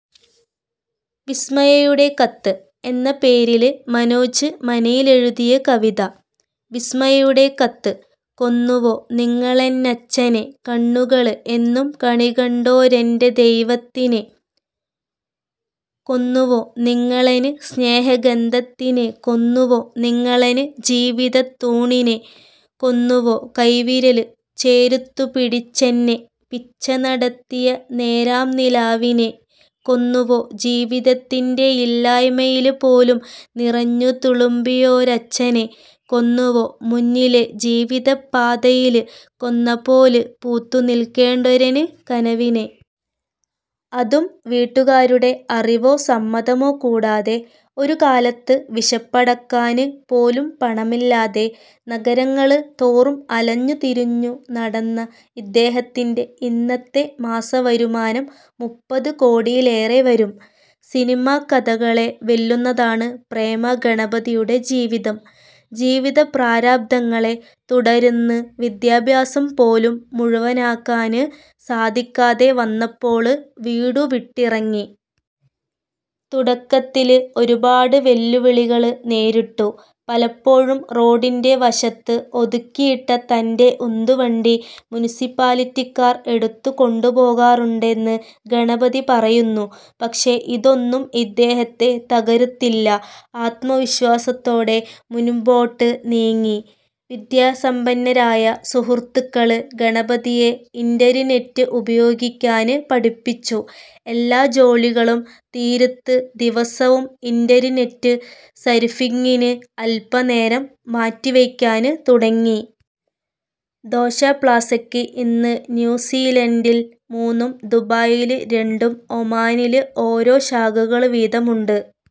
' വിസ്മയയുടെ കത്ത് ' എന്ന പേരില് മനോജ് മനയില് എഴുതിയ കവിത വിസ്മയയുടെ കത്ത് കൊന്നുവോ നിങ്ങളെന്നച്ഛനെ, കണ്ണുകള് എന്നും കണികണ്ടൊരെന്റെ ദൈവത്തിനെ. കൊന്നുവോ നിങ്ങളെന് സ്നേഹഗന്ധത്തിനെ, കൊന്നുവോ നിങ്ങളെന് ജീവിതത്തൂണിനെ. കൊന്നുവോ, കൈവിരല് ചേര്ത്തു പിടിച്ചെന്നെ പിച്ചനടത്തിയ നേരാം നിലാവിനെ. കൊന്നുവോ, ജീവിതത്തിന്റെയില്ലായ്മയില് പോലും നിറഞ്ഞു തുളുമ്പിയോരച്ഛനെ. കൊന്നുവോ, മുന്നിലെ ജീവിതപ്പാതയില് കൊന്നപോല് പൂത്തു നില്ക്കേണ്ടൊരെന് കനവിനെ. അതും വീട്ടുകാരുടെ അറിവോ സമ്മതമോ കൂടാതെ. ഒരുകാലത്ത് വിശപ്പടക്കാന് പോലും പണമില്ലാതെ നഗരങ്ങള് തോറും അലഞ്ഞു തിരിഞ്ഞു നടന്ന ഇദ്ദേഹത്തിന്റെ ഇന്നത്തെ മാസവരുമാനം മുപ്പത് കോടിയിലേറെ വരും. സിനിമാക്കഥകളെ വെല്ലുന്നതാണ് പ്രേമ ഗണപതിയുടെ ജീവിതം. ജീവിത പ്രാരാബ്ധങ്ങളെ തുടര്ന്ന് വിദ്യാഭ്യാസം പോലും മുഴുവനാകാന് സാധിക്കാതെ വന്നപ്പോള് വീടു വിട്ടിറങ്ങി. തുടക്കത്തില് ഒരുപാട് വെല്ലുവിളികള് നേരിട്ടു. പലപ്പോഴും റോഡിന്റെ വശത്ത് ഒതുക്കിയിട്ട തന്റെ ഉന്തുവണ്ടി മുനിസിപ്പാലിറ്റിക്കാർ എടുത്തു കൊണ്ടുപോകാറുണ്ടെന്ന് ഗണപതി പറയുന്നു. പക്ഷെ ഇതൊന്നും ഇദ്ദേഹത്തെ തകര്ത്തില്ല. ആത്മ വിശ്വാസത്തോടെ മുന്പോട്ട് നീങ്ങി. വിദ്യാസമ്പന്നരായ സുഹൃത്തുക്കള് ഗണപതിയെ ഇന്റര്നെറ്റ് ഉപേയോഗിക്കാന് പഠിപ്പിച്ചു. എല്ലാ ജോലികളും തീര്ത്ത് ദിവസവും ഇന്റര്നെറ്റ് സര്ഫിങ്ങിന് അല്പ്പനേരം മാറ്റിവയ്ക്കാന് തുടങ്ങി. ദോശ പ്ലാസക്ക് ഇന്ന് ന്യൂസീലൻഡിൽ മൂന്നും ദുബായില് രണ്ടും ഒമാനില് ഓരോ ശാഖകള് വീതവുമുണ്ട്.